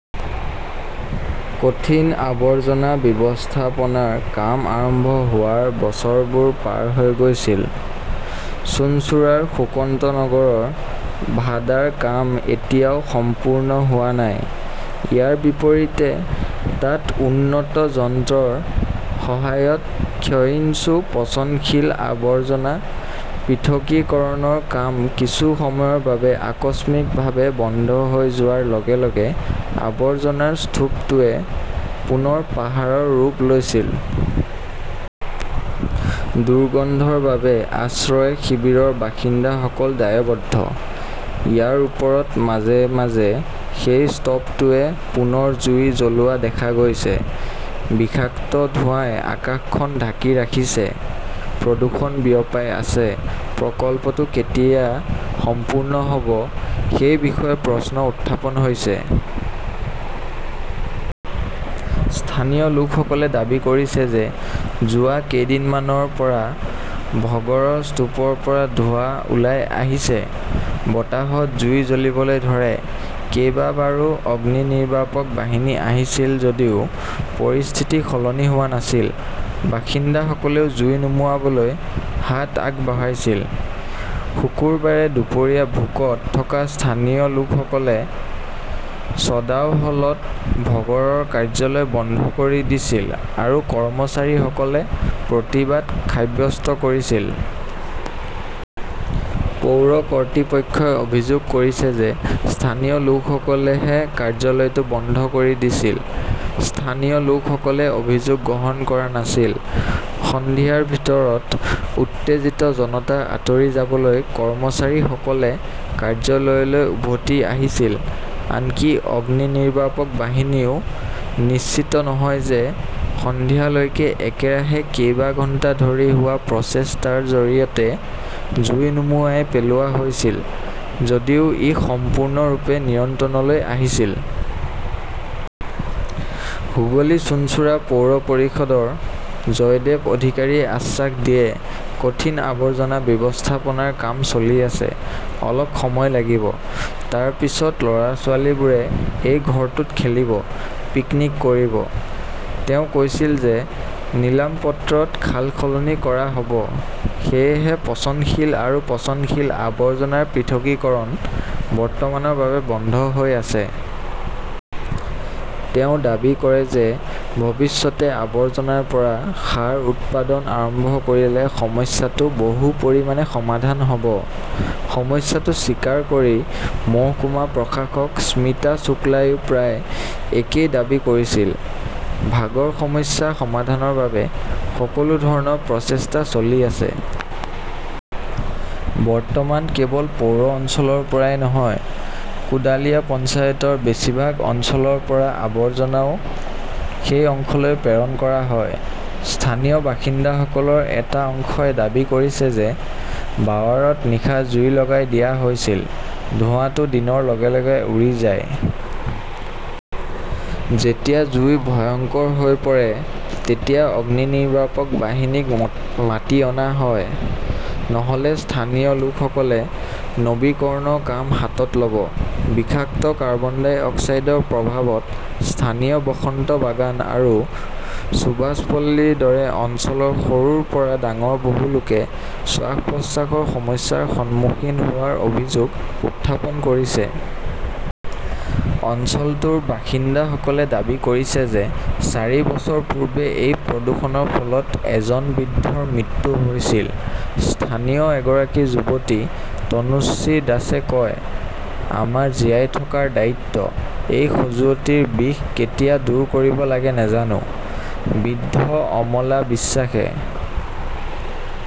কঠিন আৱৰ্জনা ব্যৱস্থাপনাৰ কাম আৰম্ভ হোৱাৰ বছৰবোৰ পাৰ হৈ গৈছিল। চুঞ্চুৰাৰ সুকন্তনগৰৰ ভাডাৰ কাম এতিয়াও সম্পূৰ্ণ হোৱা নাই। ইয়াৰ বিপৰীতে, তাত উন্নত যন্ত্ৰৰ সহায়ত ক্ষয়িষ্ণু-পচনশীল আৱৰ্জনা পৃথকীকৰণৰ কাম কিছু সময়ৰ বাবে আকস্মিকভাৱে বন্ধ হৈ যোৱাৰ লগে লগে আৱৰ্জনাৰ স্তূপটোৱে পুনৰ পাহাৰৰ ৰূপ লৈছিল। দুৰ্গন্ধৰ বাবে আশ্ৰয় শিবিৰৰ বাসিন্দাসকল দায়বদ্ধ। ইয়াৰ ওপৰত মাজে মাজে সেই স্তুপটোৱে পুনৰ জুই জ্বলোৱা দেখা গৈছে। বিষাক্ত ধোঁৱাই আকাশখন ঢাকি ৰাখিছে। প্ৰদূষণ বিয়পাই আছে। প্ৰকল্পটো কেতিয়া সম্পূৰ্ণ হ "ব সেই বিষয়ে প্ৰশ্ন উত্থাপন হৈছে। স্থানীয় লোকসকলে দাবী কৰিছে যে যোৱা কেইদিনমানৰ পৰা ভগড়ৰ স্তূপৰ পৰা ধোঁৱা ওলাই আহিছে। বতাহত জুই জ্বলিবলৈ ধৰে। কেইবাবাৰো অগ্নিনিৰ্বাপক বাহিনী আহিছিল যদিও পৰিস্থিতি সলনি হোৱা নাছিল। বাসিন্দাসকলেও জুই নুমুৱাবলৈ হাত আগবঢ়াইছিল। শুকুৰবাৰে দুপৰীয়া ভোকত থকা স্থানীয় লোকসকলে চদাও হলত ভগড়ৰ কাৰ্যালয় বন্ধ কৰি দিছিল আৰু কৰ্মচাৰীসকলে প্ৰতিবাদ সাব্যস্ত কৰিছিল। পৌৰ কৰ্তৃপক্ষই অভিযোগ কৰিছে যে স্থানীয় লোকসকলেহে কাৰ্যালয়টো বন্ধ কৰি দিছিল। স্থানীয় লোকসকলে অভিযোগ গ্ৰহণ কৰা নাছিল। সন্ধিয়াৰ ভিতৰত উত্তেজিত জনতা আঁতৰি যাবলৈ কৰ্মচাৰীসকলে কাৰ্যালয়লৈ উভতি আহিছিল। আনকি অগ্নিনিৰ্বাপক বাহিনীয়েও নিশ্চিত নহয় যে সন্ধিয়া লৈকে একেৰাহে কেইবা ঘণ্টা ধৰি হোৱা প্ৰচেষ্টাৰ জৰিয়তে জুই নুমুৱাই পেলোৱা হৈছিল যদিও ই সম্পূৰ্ণৰূপে নিয়ন্ত্ৰণলৈ আহিছিল। হুগলী-চুঞ্চুৰা পৌৰ পৰিষদৰ জয়দেব অধিকাৰীয়ে আশ্বাস দিয়ে, "কঠিন আৱৰ্জনা ব্যৱস্থাপনাৰ কাম চলি আছে। অলপ সময় লাগিব। তাৰপিছত ল "ৰা-ছোৱালীবোৰে এই ঘৰটোত খেলিব, পিকনিক কৰিব। "তেওঁ কৈছিল যে নিলাম-পত্ৰত সালসলনি কৰা হ" ব। সেয়েহে পচনশীল আৰু পচনশীল আৱৰ্জনাৰ পৃথকীকৰণ বৰ্তমানৰ বাবে বন্ধ হৈ আছে। তেওঁ দাবী কৰে যে ভৱিষ্যতে আৱৰ্জনাৰ পৰা সাৰ উৎপাদন আৰম্ভ কৰিলে সমস্যাটো বহু পৰিমাণে সমাধান হ’ব। সমস্যাটো স্বীকাৰ কৰি মহকুমা প্ৰশাসক স্মিতা শুক্লাইও প্ৰায় একেই দাবী কৰিছিল। "ভাগৰ সমস্যা সমাধানৰ বাবে সকলো ধৰণৰ প্ৰচেষ্টা চলি আছে। "বৰ্তমান কেৱল পৌৰ অঞ্চলৰ পৰাই নহয়, কোডালিয়া পঞ্চায়তৰ বেছিভাগ অঞ্চলৰ পৰা আৱৰ্জনাও সেই অংশলৈ প্ৰেৰণ কৰা হয়। স্থানীয় বাসিন্দাসকলৰ এটা অংশই দাবী কৰিছে যে বাৱাৰত নিশা জুই লগাই দিয়া হৈছিল। ধোঁৱাটো দিনৰ লগে লগে উৰি যায়। যেতিয়া জুই ভয়ংকৰ হৈ পৰে তেতিয়া অগ্নিনিৰ্বাপক বাহিনীক মাতি অনা হয়। নহ "লে স্থানীয় লোকসকলে নৱীকৰণৰ কাম হাতত ল" ব। বিষাক্ত কাৰ্বন-ডাই অক্সাইডৰ প্ৰভাৱত স্থানীয় বসন্ত বাগান আৰু সুভাষপল্লীৰ দৰে অঞ্চলৰ সৰুৰ পৰা ডাঙৰ বহু লোকে শ্বাস-প্ৰশ্বাসৰ সমস্যাৰ সন্মুখীন হোৱাৰ অভিযোগ উত্থাপন কৰিছে। অঞ্চলটোৰ বাসিন্দাসকলে দাবী কৰিছে যে চাৰি বছৰ পূৰ্বে এই প্ৰদূষণৰ ফলত এজন বৃদ্ধৰ মৃত্যু হৈছিল। স্থানীয় এগৰাকী যুৱতী তনুশ্ৰী দাসে কয়, "আমাৰ জীয়াই থকাৰ দায়িত্ব! " এই খজুৱতিৰ বিষ কেতিয়া দূৰ কৰিব লাগে নাজানো। "বৃদ্ধ অমলা বিশ্বাসে